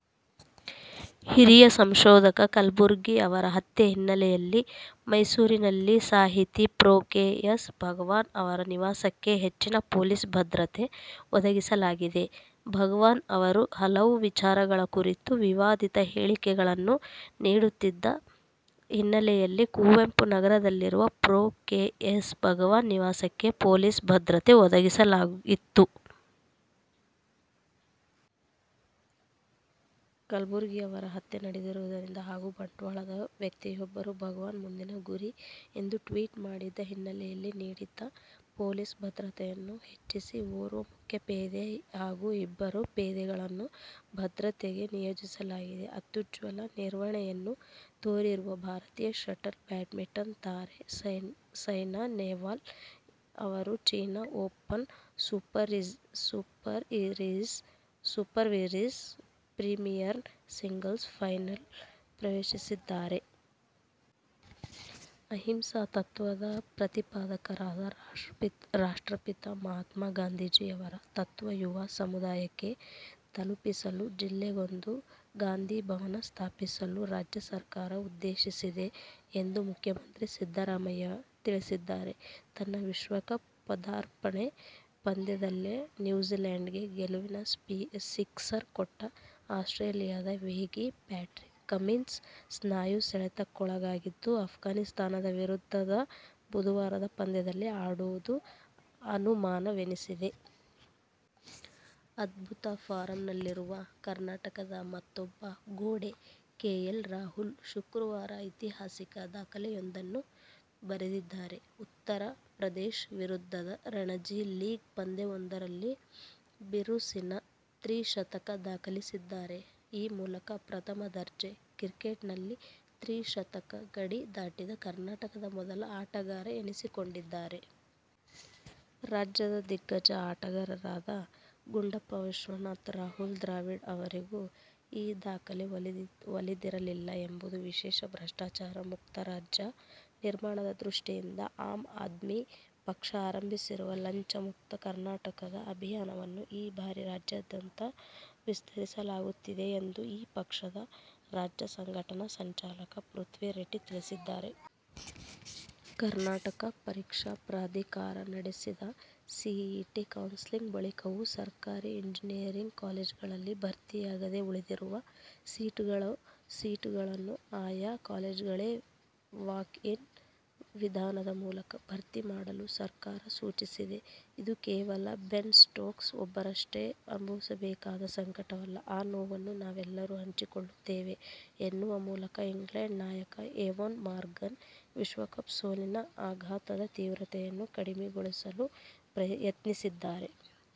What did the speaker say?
ಹಿರಿಯ ಸಂಶೋಧಕ ಕಲಬುರ್ಗಿ ಅವರ ಹತ್ಯೆ ಹಿನ್ನೆಲೆಯಲ್ಲಿ ಮೈಸೂರಿನಲ್ಲಿ ಸಾಹಿತಿ ಪ್ರೊ. ಕೆ. ಎಸ್. ಭಗವಾನ್ ಅವರ ನಿವಾಸಕ್ಕೆ ಹೆಚ್ಚಿನ ಪೊಲೀಸ್ ಭದ್ರತೆ ಒದಗಿಸಲಾಗಿದೆ. ಭಗವಾನ್ ಅವರು ಹಲವು ವಿಚಾರಗಳ ಕುರಿತು ವಿವಾದಿತ ಹೇಳಿಕೆಗಳನ್ನು ನೀಡುತ್ತಿದ್ದ ಹಿನ್ನೆಲೆಯಲ್ಲಿ ಕುವೆಂಪು ನಗರದಲ್ಲಿರುವ ಪ್ರೊ. ಕೆ. ಎಸ್. ಭಗವಾನ್ ನಿವಾಸಕ್ಕೆ ಪೊಲೀಸ್ ಭದ್ರತೆ ಒದಗಿಸಲಾಗಿತ್ತು. ಕಲಬುರ್ಗಿ ಅವರ ಹತ್ಯೆ ನಡೆದಿರುವುದರಿಂದ ಹಾಗೂ ಬಂಟ್ವಾಳದ ವ್ಯಕ್ತಿಯೊಬ್ಬರು ಭಗವಾನ್ ಮುಂದಿನ ಗುರಿ ಎಂದು ಟ್ವೀಟ್ ಮಾಡಿದ್ದ ಹಿನ್ನೆಲೆಯಲ್ಲಿ ನೀಡಿದ್ದ ಪೊಲೀಸ್ ಭದ್ರತೆಯನ್ನು ಹೆಚ್ಚಿಸಿ ಓರ್ವ ಮುಖ್ಯಪೇದೆ ಹಾಗೂ ಇಬ್ಬರು ಪೇದೆಗಳನ್ನು ಭದ್ರತೆಗೆ ನಿಯೋಜಿಸಲಾಗಿದೆ. ಅತ್ಯುಜ್ವಲ ನಿರ್ವಹಣೆಯನ್ನು ತೋರಿರುವ ಭಾರತೀಯ ಶಟಲ್ ಬ್ಯಾಡ್ಮಿಂಟನ್ ತಾರೆ ಸೈನಾ ನೆಹ್ವಾಲ್ ಅವರು ಚೀನ ಓಪನ್ ಸೂಪರ್ಸೀರಿಸ್ ಪ್ರೀಮಿಯರ್ನ ಸಿಂಗಲ್ಸ್ ಫೈನಲ್ ಪ್ರವೇಶಿಸಿದ್ದಾರೆ. ಅಹಿಂಸಾ ತತ್ವದ ಪ್ರತಿಪಾದಕರಾದ ರಾಷ್ಟ್ರಪಿತ ಮಹ್ಮಾತ್ಮ ಗಾಂಧೀಜಿಯವರ ತತ್ವ ಯುವ ಸಮುದಾಯಕ್ಕೆ ತಲುಪಿಸಲು ಜಿಲ್ಲೆಗೊಂದು ಗಾಂಧಿಭವನ ಸ್ಥಾಪಿಸಲು ರಾಜ್ಯ ಸರ್ಕಾರ ಉದ್ದೇಶಿಸಿದೆ ಎಂದು ಮುಖ್ಯಮಂತ್ರಿ ಸಿದ್ದರಾಮಯ್ಯ ತಿಳಿಸಿದ್ದಾರೆ. ತನ್ನ ವಿಶ್ವಕಪ್ ಪದಾರ್ಪಣಾ ಪಂದ್ಯದಲ್ಲೇ ನ್ಯೂಜಿಲ್ಯಾಂಡಿಗೆ ಗೆಲುವಿನ ಸಿಕ್ಸರ್ ಕೊಟ್ಟ ಆಸ್ಟ್ರೇಲಿಯದ ವೇಗಿ ಪ್ಯಾಟ್ರಿಕ್ ಕಮಿನ್ಸ್ ಸ್ನಾಯು ಸೆಳೆತಕ್ಕೊಳಗಾಗಿದ್ದು, ಅಫ್ಘಾನಿಸ್ಥಾನ ವಿರುದ್ಧದ ಬುಧವಾರದ ಪಂದ್ಯದಲ್ಲಿ ಆಡುವುದು ಅನುಮಾನವೆನಿಸಿದೆ. ಅದ್ಭುತ ಫಾರ್ಮ್ನಲ್ಲಿರುವ ಕರ್ನಾಟಕದ ಮತ್ತೂಬ್ಬ "ಗೋಡೆ' ಕೆ. ಎಲ್. ರಾಹುಲ್ ಶುಕ್ರವಾರ ಐತಿಹಾಸಿಕ ದಾಖಲೆಯೊಂದನ್ನು ಬರೆದಿದ್ದಾರೆ. ಉತ್ತರ ಪ್ರದೇಶ ವಿರುದ್ಧದ ರಣಜಿ ಲೀಗ್ ಪಂದ್ಯವೊಂದರಲ್ಲಿ ಬಿರುಸಿನ ತ್ರಿಶತಕ ದಾಖಲಿಸಿದ್ದಾರೆ. ಈ ಮೂಲಕ ಪ್ರಥಮ ದರ್ಜೆ ಕ್ರಿಕೆಟ್ನಲ್ಲಿ ತ್ರಿಶತಕ ಗಡಿ ದಾಟಿದ ಕರ್ನಾಟಕದ ಮೊದಲ ಆಟಗಾರ ಎನಿಸಿಕೊಂಡಿದ್ದಾರೆ. ರಾಜ್ಯದ ದಿಗ್ಗಜ ಆಟಗಾರರಾದ ಗುಂಡಪ್ಪ ವಿಶ್ವನಾಥ್, ರಾಹುಲ್ ದ್ರಾವಿಡ್ ಅವರಿಗೂ ಈ ದಾಖಲೆ ಒಲಿದಿರಲಿಲ್ಲ ಎಂಬುದು ವಿಶೇಷ. ಭ್ರಷ್ಟಾಚಾರ ಮುಕ್ತ ರಾಜ್ಯ ನಿರ್ಮಾಣದ ದೃಷ್ಟಿಯಿಂದ ಆಮ್ ಆದ್ಮಿ ಪಕ್ಷ ಆರಂಭಿಸಿರುವ ಲಂಚಮುಕ್ತ ಕರ್ನಾಟಕ ಅಭಿಯಾನವನ್ನು ಈ ಬಾರಿ ರಾಜ್ಯಾದ್ಯಂತ ವಿಸ್ತರಿಸಲಾಗುತ್ತಿದೆ ಎಂದು ಪಕ್ಷದ ರಾಜ್ಯ ಸಂಘಟನಾ ಸಂಚಾಲಕ ಪೃಥ್ವಿರೆಡ್ಡಿ ತಿಳಿಸಿದ್ದಾರೆ. ಕರ್ನಾಟಕ ಪರೀಕ್ಷಾ ಪ್ರಾಧಿಕಾರ ನಡೆಸಿದ ಸಿಇಟಿ ಕೌನ್ಸೆಲಿಂಗ್ ಬಳಿಕವೂ ಸರ್ಕಾರಿ ಇಂಜಿನಿಯರಿಂಗ್ ಕಾಲೇಜುಗಳಲ್ಲಿ ಭರ್ತಿಯಾಗದೆ ಉಳಿದಿರುವ ಸೀಟುಗಳನ್ನು ಆಯಾ ಕಾಲೇಜುಗಳೇ ವಾಕ್-ಇನ್ ವಿಧಾನದ ಮೂಲಕ ಭರ್ತಿ ಮಾಡಲು ಸರ್ಕಾರ ಸೂಚಿಸಿದೆ. "ಇದು ಕೇವಲ ಬೆನ್ ಸ್ಟೋಕ್ಸ್ ಒಬ್ಬರಷ್ಟೇ ಅನುಭವಿಸಬೇಕಾದ ಸಂಕಟವಲ್ಲ. ಆ ನೋವನ್ನು ನಾವೆಲ್ಲರೂ ಹಂಚಿಕೊಳ್ಳುತ್ತೇವೆ' ಎನ್ನುವ ಮೂಲಕ ಇಂಗ್ಲೆಂಡ್ ನಾಯಕ ಎವೋನ್ ಮಾರ್ಗನ್ ವಿಶ್ವಕಪ್ ಸೋಲಿನ ಆಘಾತದ ತೀವ್ರತೆಯನ್ನು ಕಡಿಮೆಗೊಳಿಸಲು ಯತ್ನಿಸಿದ್ದಾರೆ.